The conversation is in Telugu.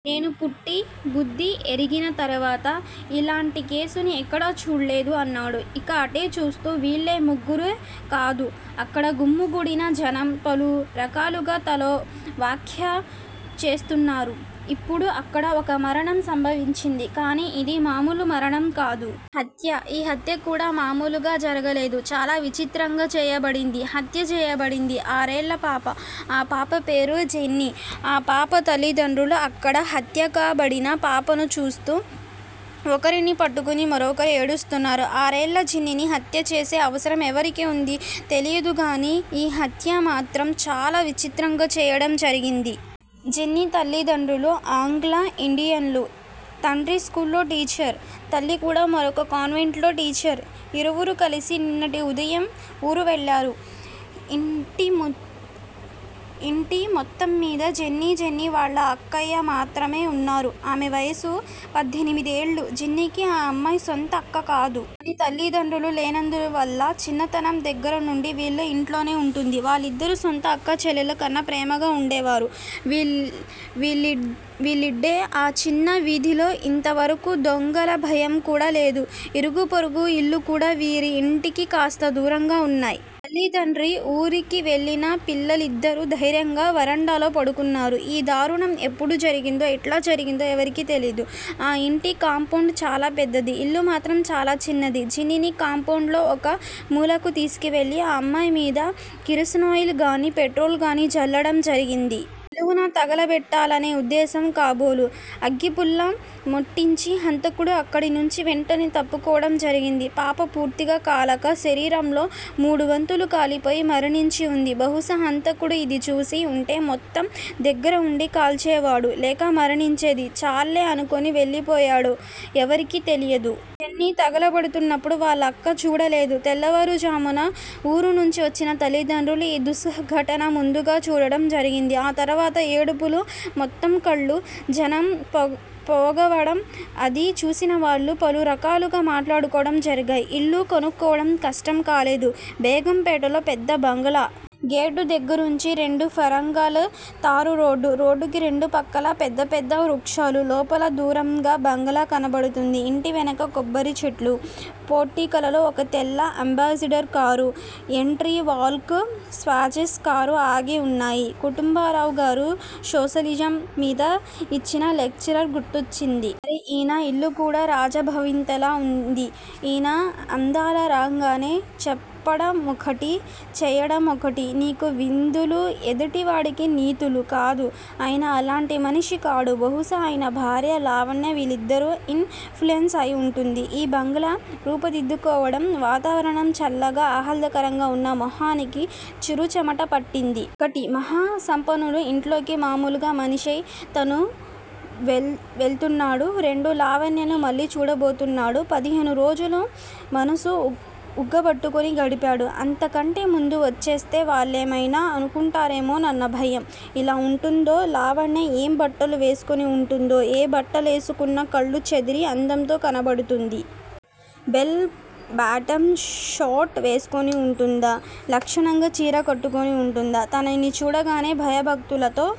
నేను పుట్టి బుద్ధి ఎరిగిన తరువాత, ఇలాంటి కేసుని ఎక్కడా చూడలేదు అన్నాడు ఇంకా అటే చూస్తూ. వీళ్లే ముగ్గురే కాదు. అక్కడ గుమికూడిన జనం, పలు రకాలుగా తలో వ్యాఖ్య చేస్తున్నారు. ఇప్పుడు అక్కడ, ఒక మరణం సంభవించింది. కానీ, ఇది మామూలు మరణం కాదు. హత్య. ఈ హత్య కూడా మామూలుగా జరగలేదు. చాలా విచిత్రంగా చేయబడింది. హత్య చేయబడింది ఆరేళ్ళ పాప. ఆ పాప పేరు జెన్నీ ఆ పాప తల్లితండ్రులు, అక్కడ హత్యకాబడిన పాపను చూస్తూ, ఒకరిని పట్టుకుని మరొకరు ఏడుస్తున్నారు. ఆరేళ్ళ జెన్నీని, హత్యచేసే అవసరం ఎవరికి వుందో తెలియదు గానీ, ఈ హత్యమాత్రం చాలా విచిత్రంగా చెయ్యడం జరిగింది. జెన్నీ తల్లితండ్రులు ఆంగ్లో యిండియన్లు. తండ్రి స్కూల్లో టీచరు. తల్లి కూడా మరొక కాన్వెంట్ లో టీచర్. ఇరువురూ కలిసి నిన్నటి ఉదయం వూరు వెళ్ళారు. ఇంటి మొత్తంమీద జెన్నీ, జెన్నీ వాళ్ళ అక్కయ్య మాత్రమే ఉన్నారు. ఆమె వయస్సు పద్దెనిమిది ఏళ్లు. జెన్నీకి ఆ అమ్మాయి సొంత అక్క కాదు. కానీ తల్లిదండ్రులు లేనందువల్ల చిన్నతనం దగ్గర నుండీ వీళ్ళ ఇంటిలోనే వుంటోంది. వాళ్లిద్దరూ సొంత అక్కాచెల్లెళ్ళ కన్నా ప్రేమగా వుండేవారు. వీళ్ళుండే ఆ చిన్న వీధిలో ఇంతవరకూ దొంగల భయం కూడా లేదు. ఇరుగూ పొరుగూ ఇళ్లు కూడా వీరి ఇంటికి కాస్త దూరంగానే వున్నాయి. తల్లీ తండ్రీ వూరికి వెళ్లినా పిల్లలిద్దరూ ధైర్యంగా వరండాలో పడుకున్నారు. ఈ దారుణం ఎప్పుడు జరిగిందో, ఎట్లా జరిగిందో ఎవరికీ తెలియదు. ఆ యింటి కాంపౌండ్ చాలా పెద్దది. ఇల్లు మాత్రం చాలా చిన్నది. జెన్నీని కాంపౌండ్ లో ఒక మూలకి తీసుకువెళ్ళి ఆ అమ్మాయి మీద కిరసనాయిల్ గానీ, పెట్రోలుగానీ, జల్లడం జరిగింది. నిలువునా తగలబెట్టాలనే ఉద్దేశం కాబోలు అగ్గిపుల్ల ముట్టించి హంతకుడు అక్కడి నుంచీ వెంటనే తప్పుకోవటం జరిగింది. పాప పూర్తిగా కాలక, శరీరంలో మూడువంతులు కాలిపోయి మరణించి వుంది. బహుశా హంతకుడు ఇదిచూసి వుంటే మొత్తం దగ్గర వుండి కాల్చేవాడు, లేక మరణించింది చాల్లే అనుకుని వెళ్ళిపోయడు ఎవరికీ తెలియదు. జెన్నీ తగలబడుతున్నపుడు వాళ్ల అక్క చూడలేదు. తెల్లవారు ఝామున వూరినుంచీ వచ్చిన తల్లిదండ్రులు ఈ దుస్సంఘటన ముందుగా చూడటం జరిగింది. ఆ తరువాత ఏడుపులూ మొత్తంకళ్లూ, జనం పోగవడం అది చూసినవాళ్ళు పలురకాలుగా మాట్లాడుకోవడం జరిగాయి. ఇల్లు కొనుక్కోవడం కష్టం కాలేదు. బేగంపేటలో పెద్ద బంగాళా. గేటు దగ్గర్నుంచి రెండు ఫర్లాంగులు తారు రోడ్డు. రోడ్డుకి రెండు పక్కలా పెద్ద పెద్ద వృక్షాలు. లోపల దూరంగా బంగాళా కనబడుతోంది. ఇంటి వెనక కొబ్బరి చెట్లు. పోర్టికోలో ఒక తెల్ల అంబాసిడర్ కారూ, ఎంట్రీ వోల్క్ స్వాజేస్ కారూ ఆగి వున్నాయి. కుటుంబరావుగారు సోషలిజం మీద ఇచ్చిన లెక్చర్ గుర్తొచ్చింది. మరి ఈయన ఇల్లు కూడా రాజభవంతిలా ఉంది! ఈయనా అందర్లాగానే? చెప్పడమొకటి, చెయ్యడమొకటి, నీకు విందులు, ఎదుటి వాడికి నీతులు. కాదు! అయన అలాంటి మనిషి కాడు, బహుశా ఆయన భార్యా, లావణ్యా వీళ్ళిద్దరు ఇన్ ఫ్లూయేన్సు అయి వుంటుంది ఈ బంగాళా రూపుదిద్దుకోవడం. వాతావరణం చల్లగా, ఆహ్లాదకరంగా ఉన్నా మొహానికి చిరుచెమట పట్టింది. ఒకటి మహా సంపన్నుల ఇంట్లోకి మాములు మనిషైన తను వెళ్తున్నాడు. రెండు లావణ్యని మళ్ళీ చూడబోతున్నాడు. పదిహేను రోజులు మనసు ఉగ్గబెట్టుకొని గడిపాడు, అంతకంటే ముందు వచ్చేస్తే వాళ్ళేమన్నా అనుకుంటారేమో నన్న భయం. ఎలా వుంటుందో లావణ్య ఏం బట్టలు వేసుకుని ఉంటుందో! ఏ బట్టలేసుకున్నా కళ్ళు చెదిరీ అందంతో కనబడుతుంది. బెల్ బాటమ్ షర్టు వేసుకుని ఉంటుందా? లక్షణంగా చీర కట్టుకుని వుంటుందా? తనని చూడగానే భయభక్తులతో